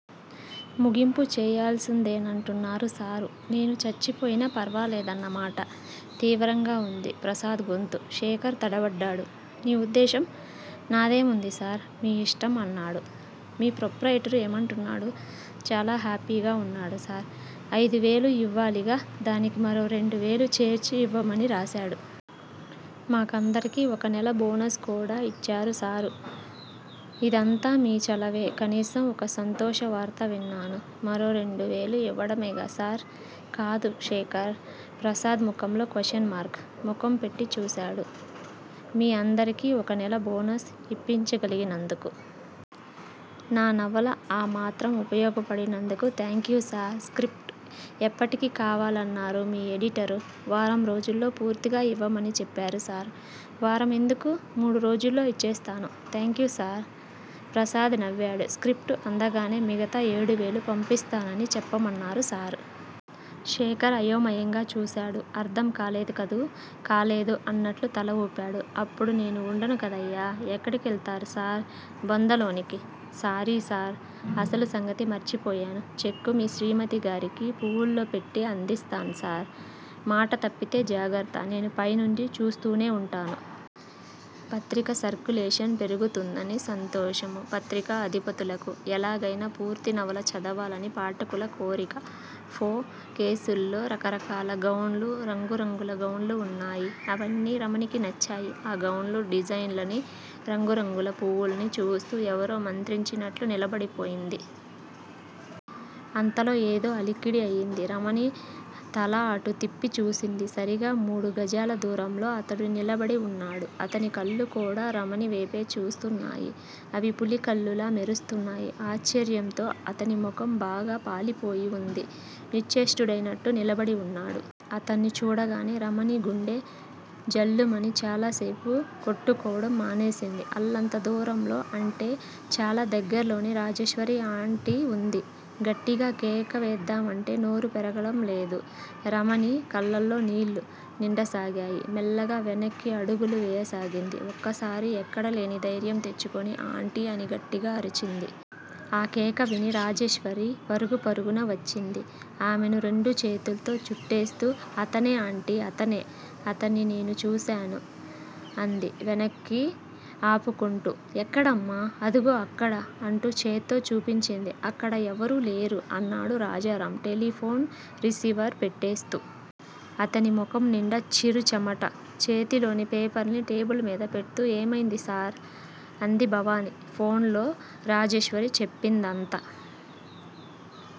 ముగింపు చెయ్యాల్సిందేనంటున్నారు సర్! నేను చచ్చిపోయినా పర్వాలేదన్న మాట! తీవ్రంగా ఉంది ప్రసాద్ గొంతు. శేఖర్ తడబడ్డాడు. నీ ఉద్దేశ్యం? నాదేముంది సర్! మీ మీ ఇష్టం! అన్నాడు. మీ ప్రొప్రయిటర్ ఏమంటున్నాడు? చాలా హ్యాపీగా ఉన్నాడు సర్! ఐదు వేలు ఇవ్వాలిగా? దానికి మరో రెండు వేలు చేర్చి ఇవ్వమని రాశాడు. మా కందరికి ఒక నెల బోనస్ కూడా ఇచ్చాడు సర్! అదంతా మీ చలవే! కనీసం ఒక సంతోష వార్త విన్నాను. మరో రెండు వేలు ఇవ్వడమేగా సర్! కాదు. శేఖర్ ప్రసాద్ ముఖంలోకి క్వశ్చన్ మార్కు ముఖం పెట్టి చూశాడు. మీ అందరికీ ఒక నెల బోనస్ ఇప్పించగలిగినందుకు. నా నవల ఆ మాత్రం ఉపయోగపడినందుకు. Thank you sir! స్క్రిప్టు ఎప్పటికి కావాలన్నాడు మీ ఎడిటర్? వారం రోజుల్లో పూర్తిగా ఇవ్వమని చెప్పాడు సర్! వారం ఎందుకూ? మూడు రోజుల్లో ఇచ్చేస్తాను. Thank you sir! ప్రసాద్ నవ్వాడు. స్క్రిప్టు అందగానే మిగతా ఏడు వేలు పంపిస్తానని చెప్పమన్నాడు సర్! శేఖర్ అయోమయంగా చూశాడు. అర్థం కాలేదుగదూ? 'కాలేదు' అన్నట్టు తల ఊపాడు. అప్పుడు నేను ఉండను గదయ్యా! ఎక్కడి కెళ్తారు సర్? బొందలోకి! Sorry sir! అసలు సంగతి మర్చిపోయాను. చెక్కు మీ శ్రీమతిగారికి పువ్వుల్లో పెట్టి అందిస్తాం సర్! మాట తప్పితే జాగ్రత్త! నేను పైనుంచి చూస్తూనే ఉంటాను. పత్రిక సర్కులేషన్ పెరుగుతుందని సంతోషం పత్రిక అధిపతులకు. ఎలాగయినా పూర్తి నవల చదవాలని పాఠకుల కోరిక. షో కేసుల్లో రకరకాల గౌన్లు రంగు రంగుల గౌన్లు ఉన్నాయి. అవన్నీ రమణికి నచ్చాయి. ఆ గౌన్ల డిజైన్లనీ, రంగు రంగుల పువ్వుల్నీ చూస్తూ ఎవరో మంత్రించినట్లు నిలబడిపోయింది. అంతలో ఏదో అలికిడి అయింది. రమణి తల అటు తిప్పి చూసింది. సరిగ్గా మూడు గజాల దూరంలో 'అతను' నిలబడి ఉన్నాడు! అతని కళ్ళు కూడా రమణి వేపే చూస్తునాయి. అవి పులి కళ్ళలా మెరుస్తున్నాయి. ఆశ్చర్యంతో 'అతని' మొహం బాగా పాలిపోయి ఉంది. నిశ్చేష్టుడైనట్టు నిలబడి ఉన్నాడు. అతన్ని చూడగానే రమణి గుండె ఝల్లుమని చాలాసేపు కొట్టుకోవటం మానేసింది. అల్లంత దూరంలో అంటే చాలా దగ్గర్లోనే రాజేశ్వరి ఆంటీ ఉంది. గట్టిగా కేక వేద్దామంటే నోరు పెరగలడం లేదు. రమణి కళ్ళలో నీళ్ళు నిండసాగాయి. మెల్లిగా వెనక్కి అడుగులు వెయ్యసాగింది. ఒక్కసారి ఎక్కడలేని ధైర్యం తెచ్చుకుని ఆంటీ అని గట్టిగా అరిచింది. ఆ కేక విని రాజేశ్వరి పరుగు పరుగున వచ్చింది. ఆమెని రెండు చేతుల్తో చుట్టేస్తూ అతనే ఆంటీ అతనే! అతన్ని నేను చూశాను! అంది వెక్కిళ్ళు ఆపుకొంటూ. ఎక్కడమ్మా? అదిగో అక్కడ! అంటూ చేత్తో చూపించింది. అక్కడ ఎవరూ లేరు! అన్నాడు రాజారామ్ టెలిఫోన్ రిసీవర్ పెట్టేస్తూ. అతని మొహం నిండా చిరు చెమట. చేతిలోని పేపర్ని టేబిలు మీద పెడ్తూ ఏమయింది సర్? అంది భవాని. ఫోన్ లో రాజేశ్వరి చెప్పినదంతా